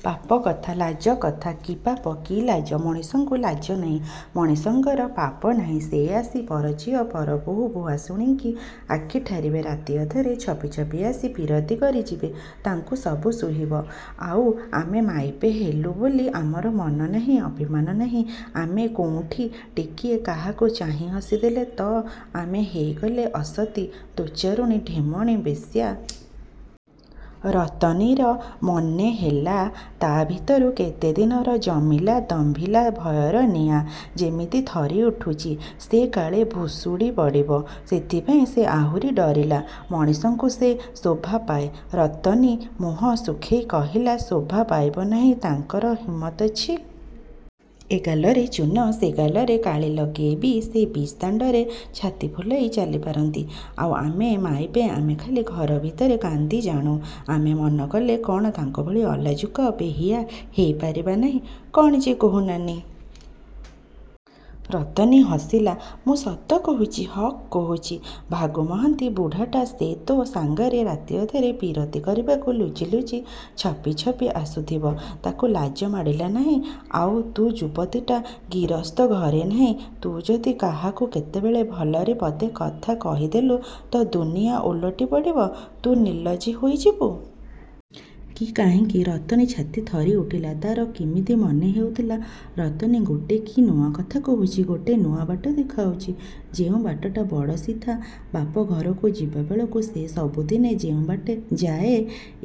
'' ''ପାପ କଥା? ଲାଜ କଥା? କି ପାପ? କି ଲାଜ? ମଣିଷଙ୍କୁ ଲାଜ ନାହିଁ? ମଣିଷଙ୍କର ପାପ ନାହିଁ–ସେ ଆସି ପରଝିଅ ପର ବହୂ ଭୁଆସୁଣୀଙ୍କି ଆଖିଠାରିବେ, ରାତି ଅଧରେ ଛପି ଛପି ଆସି ପୀରତି କରି ଯିବେ, ତାଙ୍କୁ ସବୁ ସୁହିବ, ଆଉ ଆମେ ମାଇପେ ହେଲୁ ବୋଲି ଆମର ମନ ନାହିଁ, ଅଭିମାନ ନାହିଁ–ଆମେ କୋଉଁଠି ଟିକିଏ କାହାକୁ ଚାହିଁ ହସିଦେଲେ ତ ଆମେ ହେଇଗଲେ ଅସତୀ, ଦୋଚାରୁଣୀ, ଢେମଣୀ ବେଶ୍ୟା। '' ରତନୀର ମନେ ହେଲା, ତା' ଭିତରୁ କେତେଦିନର ଜମିଲା, ଦମ୍ଭିଲା ଭୟର ନିଆଁ ଯେମିତି ଥରି ଉଠୁଛି। ସେ କାଳେ ଭୁଶୁଡ଼ି ପଡ଼ିବ, ସେଥିପାଇଁ ସେ ଆହୁରି ଡରିଲା। ''ମଣିଷଙ୍କୁ ସେ ଶୋଭାପାଏ! '' ରତନୀ ମୁହଁ। ଶୁଖେଇ କହିଲା। ''ଶୋଭାପାଇବ ନାହିଁ? ତାଙ୍କର ହିମତ ଅଛି। ଏ ଗାଲରେ ଚୂନ ସେ ଗାଲରେ କାଳି ଲଗେଇବି ସେ ବିଚ୍ ଦାଣ୍ଡରେ ଛାତି ଫୁଲାଇ ଚାଲିପାରନ୍ତି। ଆଉ ଆମେ ମାଇପେ–ଆମେ ଖାଲି ଘର ଭିତରେ କାନ୍ଦିଜାଣୁ। ଆମେ ମନକଲେ କ'ଣ ତାଙ୍କପରି ଅଲାଜୁକ ବେହିଆ ହେଇ ପାରିବା ନାହିଁ? '' ''କ'ଣ ଯେ କହୁ ନାନୀ! '' ରତନୀ ହସିଲା। ''ମୁଁ ସତ କହୁଚି–ହକ୍ କହୁଚି। ଭାଗୁ ମହାନ୍ତି, ବୁଢ଼ାଟା, ସେ ତୋ ସାଙ୍ଗରେ ରାତିଅଧରେ ପୀରତି କରିବାକୁ ଲୁଚି ଲୁଚି ଛପି ଛପି ଆସୁଥିବ, ତାକୁ ଲାଜ ମାଡ଼ିଲା ନାହିଁ–ଆଉ ତୁ ଯୁବତୀଟା–ଗିରସ୍ତ ଘରେନାହିଁ–ତୁ ଯଦି କାହାକୁ କେତେବେଳେ ଭଲରେ ପଦେ କଥା କହିଦେଲୁ ତ ଦୁନିଆ ଓଲଟି ପଡ଼ିବ–ତୁ ନିଲଜୀ ହୋଇଯିବୁ। କି କାହିଁକି? '' ରତନୀ ଛାତି ଥରି ଉଠିଲା। ତା'ର କିମିତି ମନେ ହେଉଥିଲା, ରତନୀ ଗୋଟେ କି ନୂଆ କଥା କହୁଚି–ଗୋଟେ ନୂଆବାଟ ଦେଖାଉଚି–ଯେଉଁ ବାଟଟା ବଡ଼ ସିଧା। ବାପ ଘରକୁ ଯିବାବେଳକୁ ସେ ସବୁଦିନେ ଯେଉଁ ବାଟେ ଯାଏଁ,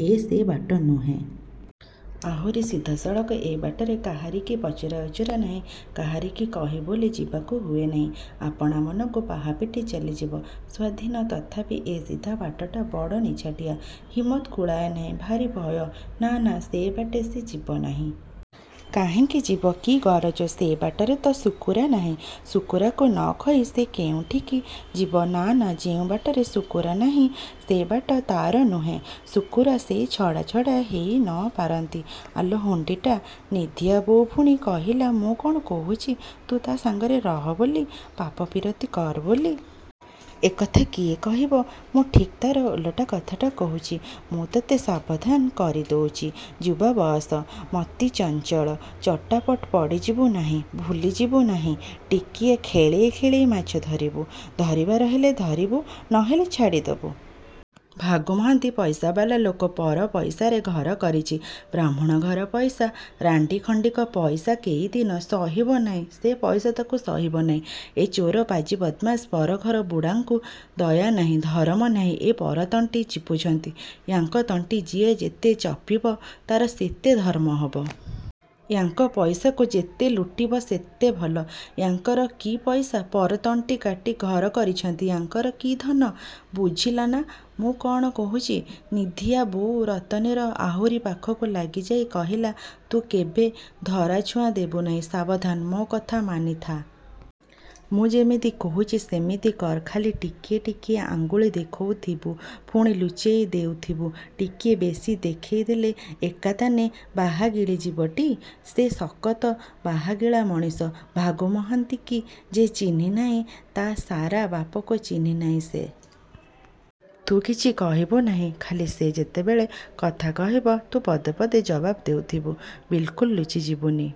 ଏ ସେ ବାଟ ନୁହେଁ। ଆହୁରି ସିଧା ସଳଖ। ଏ ବାଟରେ କାହାରିକି ପଚରା ଉଚୁରା ନାହିଁ। କାହାରିକି କହି ବୋଲି ଯିବାକୁ ହୁଏ ନାହିଁ। ଆପଣା ମନକୁ ବାହାପିଟି ଚାଲିଯିବ–ସ୍ୱାଧୀନ। ତଥାପି ଏ ସିଧା ବାଟଟା ବଡ଼ ନିଛାଟିଆ। ହିମତ କୁଳାଏ ନାହିଁ। ଭାରି ଭୟ। ନା-ନା-ସେ ବାଟେ ସେ ଯିବ ନାହିଁ। କାହିଁକି ଯିବ? କି ଗରଜ? ସେ ବାଟରେ ତ ଶୁକୁରା ନାହିଁ। ଶୁକୁରାକୁ ନକହି ସେ କେଉଁଠିକି ଯିବ? ନା-ନା-ଯେଉଁ ବାଟରେ ଶୁକୁରା ନାହିଁ, ସେ ବାଟ ତା'ର ନୁହେଁ। ଶୁକୁରା ସେ ଛଡ଼ା ଛଡ଼ା ହେଇ ନ ପାରନ୍ତି। ''ଆଲୋ ହୁଣ୍ଡିଟା,'' ନିଧିଆ ବୋଉ ପୁଣି କହିଲା–''ମୁଁ କ'ଣ କହୁଛି, ତୁ ତା' ସାଙ୍ଗରେ ରହ, ବୋଲି–ପାପ ପୀରତି କର ବୋଲି। ଏ କଥା କିଏ କହିବ! ମୁଁ ଠିକ୍ ତା'ର ଓଲଟା କଥାଟା କହୁଚି। ମୁଁ ତୋତେ ସାବଧାନ କରି ଦଉଚି। ଯୁବା ବଅସ। ମତି ଚଞ୍ଚଳ। ଚଟାପଟ ପଡ଼ିଯିବୁ ନାହିଁ, ଭୁଲିଯିବୁ ନାହିଁ, ଟିକିଏ ଖେଳେଇ ଖେଳେଇ ମାଛ ଧରିବୁ। ଧରିବାର ହେଲେ ଧରିବୁ, ନହେଲେ ଛାଡ଼ିଦବୁ। ଭାଗୁ ମହାନ୍ତି ପଇସାବାଲା ଲୋକ। ପର ପଇସାରେ ଘର କରିଚି। ବାହ୍ମୁଣ ଘର ପଇସା, ରାଣ୍ଡିଖଣ୍ଡିଙ୍କ ପଇସା–କେଇ ଦିନ! ସହିବ ନାହିଁ–ସେ ପଇସା ତାକୁ ସହିବ ନାହିଁ। ଏ ଚୋର ପାଜି ବଦମାସ ପରଘରବୁଡ଼ାଙ୍କୁ ଦୟାନାହିଁ–ଧରମ ନାହିଁ! ଏ ପରତଣ୍ଟି ଚିପୁଛନ୍ତି–ୟାଙ୍କ ତଣ୍ଟି ଯିଏ ଯେତେ ଚପିବ; ତା'ର ସେତେ ଧର୍ମହବ। ୟାଙ୍କ ପଇସାକୁ ଯେତେ ଲୁଟିବ ସେତେ ଭଲ-। ୟାଙ୍କର କି ପଇସା? ପର ତଣ୍ଟିକାଟି ଘର କରିଛନ୍ତି–ୟାଙ୍କର କି ଧନ? ବୁଝିଲୁନା, ମୁଁ କ'ଣ କହୁଛି? '' ନିଧିଆ ବୋଉ ରତନୀର ଆହୁରି ପାଖକୁ ଲାଗିଯାଇ କହିଲା,–''ତୁ କେଭେ ଧରାଛୁଆଁ ଦେବୁ ନାହିଁ। ସାବଧାନ! ମୋ କଥା ମାନିଥା'। ମୁଁ ଯେମିତି କହୁଚି ସେମିତି କର। ଖାଲି ଟିକିଏ ଟିକିଏ ଆଙ୍ଗୁଳି ଦେଖଉଥିବୁ ପୁଣି ଲୁଚେଇ ଦେଉଥିବୁ। ଟିକିଏ ବେଶି ଦେଖେଇ ଦେଲେ, ଏକାତାନେ ବାହାଗିଳି ଯିବଟି। ସେ ସକତ ବାହାଗିଳା ମଣିଷ। ଭାଗୁ ମହାନ୍ତିକି ଯେ ଚିହ୍ନି ନାହିଁ, ତା' ସାରା ବାପକୁ ଚିହ୍ନି ନାହିଁ ସେ। ତୁ କିଛି କହିବୁ ନାହିଁ। ଖାଲି ସେ ଯେତେବେଳେ କଥା କହିବ, ତୁ ପଦେ ପଦେ ଜବାବ ଦେଉଥିବୁ। ବିଲ୍କୁଲ୍ ଲୁଚି ଯିବୁନି।